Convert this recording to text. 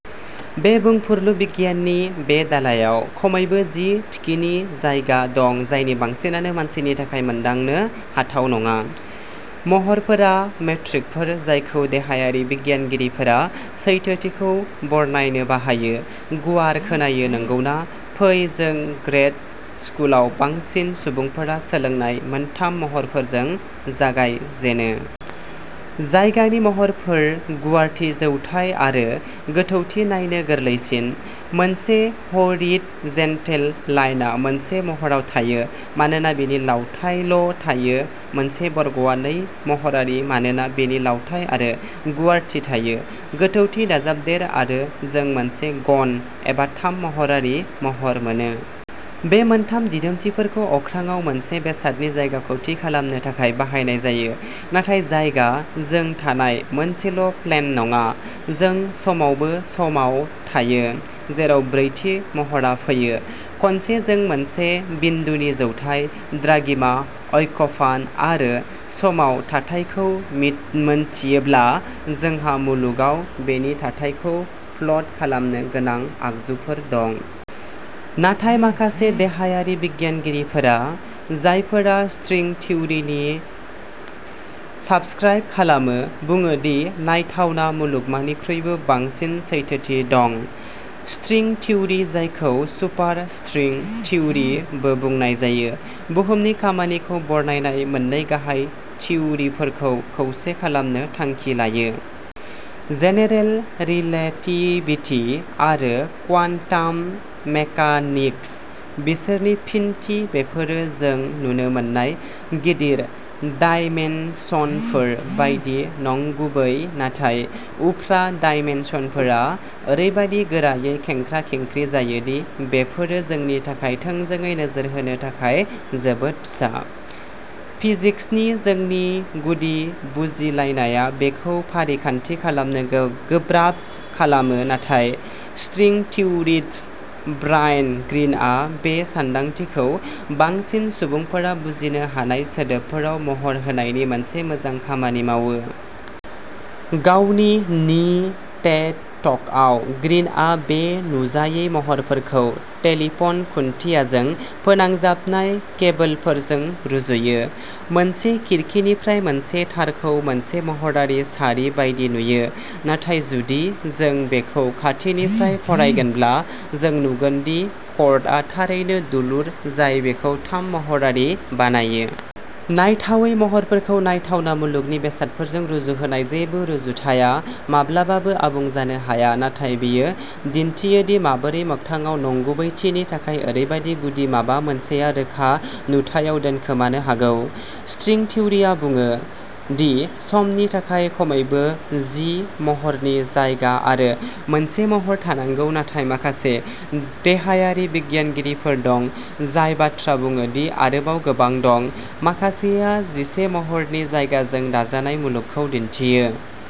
बे बुंफुरलु बिगियाननि बे दालाइयाव खमैबो जि थिखिनि जायगा दं जायनि बांसिनानो मानसिनि थाखाय मोनदांनो हाथाव नङा। महरफोरा मेट्रिकफोर जायखौ देहायारि बिगियानगिरिफोरा सैथोथिखौ बरनायनो बाहायो। गुवार खोनायो नंगौना? फै जों ग्रेड स्कुलाव बांसिन सुबुंफोरा सोलोंनाय मोनथाम महरफोरजों जागाय जेनो। जायगानि महरफोर गुवारथि जौथाय आरो गोथौथि नायनो गोरलैसिन। मोनसे ह'रिदजेन्टेल लाइनआ मोनसे महरआव थायो मानोना बेनि लावथाइल' थायो मोनसे बर्गआ नै महरारि मानोना बेनि लावथाइ आरो गुवारथि थायो। गोथौथि दाजाबदेर आरो जों मोनसे घन एबा थाम महरारि महर मोनो। बे मोनथाम दिदोमथिफोरखौ अख्राङाव मोनसे बेसादनि जायगाखौ थि खालामनो थाखाय बाहायनाय जायो। नाथाय जायगा जों थानाय मोनसेल' प्लेन नङा जों समावबो समाव थायो जेराव ब्रैथि महरआ फैयो। खनसे जों मोनसे बिन्दुनि जौथाय, द्राघिमा, अक्षफान आरो समाव थाथायखौ मिन्थियोब्ला जोंहा मुलुगआव बेनि थाथायखौ प्लट खालामनो गोनां आगजुफोर दं। नाथाय माखासे देहायारि बिगियानगिरिफोरा जायफोरा स्ट्रिं थिउरिनि साब्सक्राइब खालामो बुङो दि नायथावना मुलुगमानिख्रुइबो बांसिन सैथोथि दं। स्ट्रिं थिउरि जायखौ "सुपारस्ट्रिं थिउरि" बो बुंनाय जायो बुहुमनि खामानिखौ बरनायनाय मोननै गाहाय थिउरिफोरखौ खौसे खालामनो थांखि लायो। जेनेरेल रिलेटिभिटि आरो क्वान्टाम मेकानिक्स, बिसोरनि फिनथि बेफोरो जों नुनो मोननाय "गिदिर" डायमेनसनफोर बायदि नंगुबै नाथाय उफ्रा डायमेनसनफोरा ओरैबादि गोरायै खेंख्रा-खेंख्रि जायो दि बेफोरो जोंनि थाखाय थोंजोङै नोजोर होनो थाखाय जोबोद फिसा। फिजिक्सनि जोंनि गुदि बुजिलायनाया बेखौ फारिखान्थि खालामनो गोब्राब खालामो नाथाय स्ट्रिं थिउरिस्ट ब्रायन ग्रीनआ बे सानदांथिखौ बांसिन सुबुंफोरा बुजिनो हानाय सोदोबफोराव महर होनायनि मोनसे मोजां खामानि मावो। गावनि नि टेड टकआव ग्रीनआ बे नुजायै महरफोरखौ टेलिफ'न खुन्थियाजों फोनांजाबनाय केबोलफोरजों रुजुयो। मोनसे खिरखिनिफ्राय मोनसे तारखौ मोनसे महरारि सारि बायदि नुयो। नाथाय जुदि जों बेखौ खाथिनिफ्राय फरायगोनब्ला जों नुगोन दि कर्डआ थारैनो दुलुर जाय बेखौ थाम-महरारि बानायो। नायथावै महरफोरखौ नायथावना मुलुगनि बेसादफोरजों रुजुहोनाय जेबो रुजुथाया माब्लाबाबो आबुं जानो हाया नाथाय बेयो दिन्थियो दि माबोरै मोगथाङाव नंगुबैथिनि थाखाय ओरैबायदि गुदि माबा मोनसेआ रोखा नुथायाव दोनखोमानो हागौ। स्ट्रिं थिउरिया बुङो दि समनि थाखाय खमैबो जि महरनि जायगा आरो मोनसे महर थानांगौ नाथाय माखासे देहायारि बिगियानगिरिफोर दं जाय बाथ्रा बुङो दि आरोबाव गोबां दं। माखासेया जिसे महरनि जायगाजों दाजानाय मुलुगखौ दिन्थियो।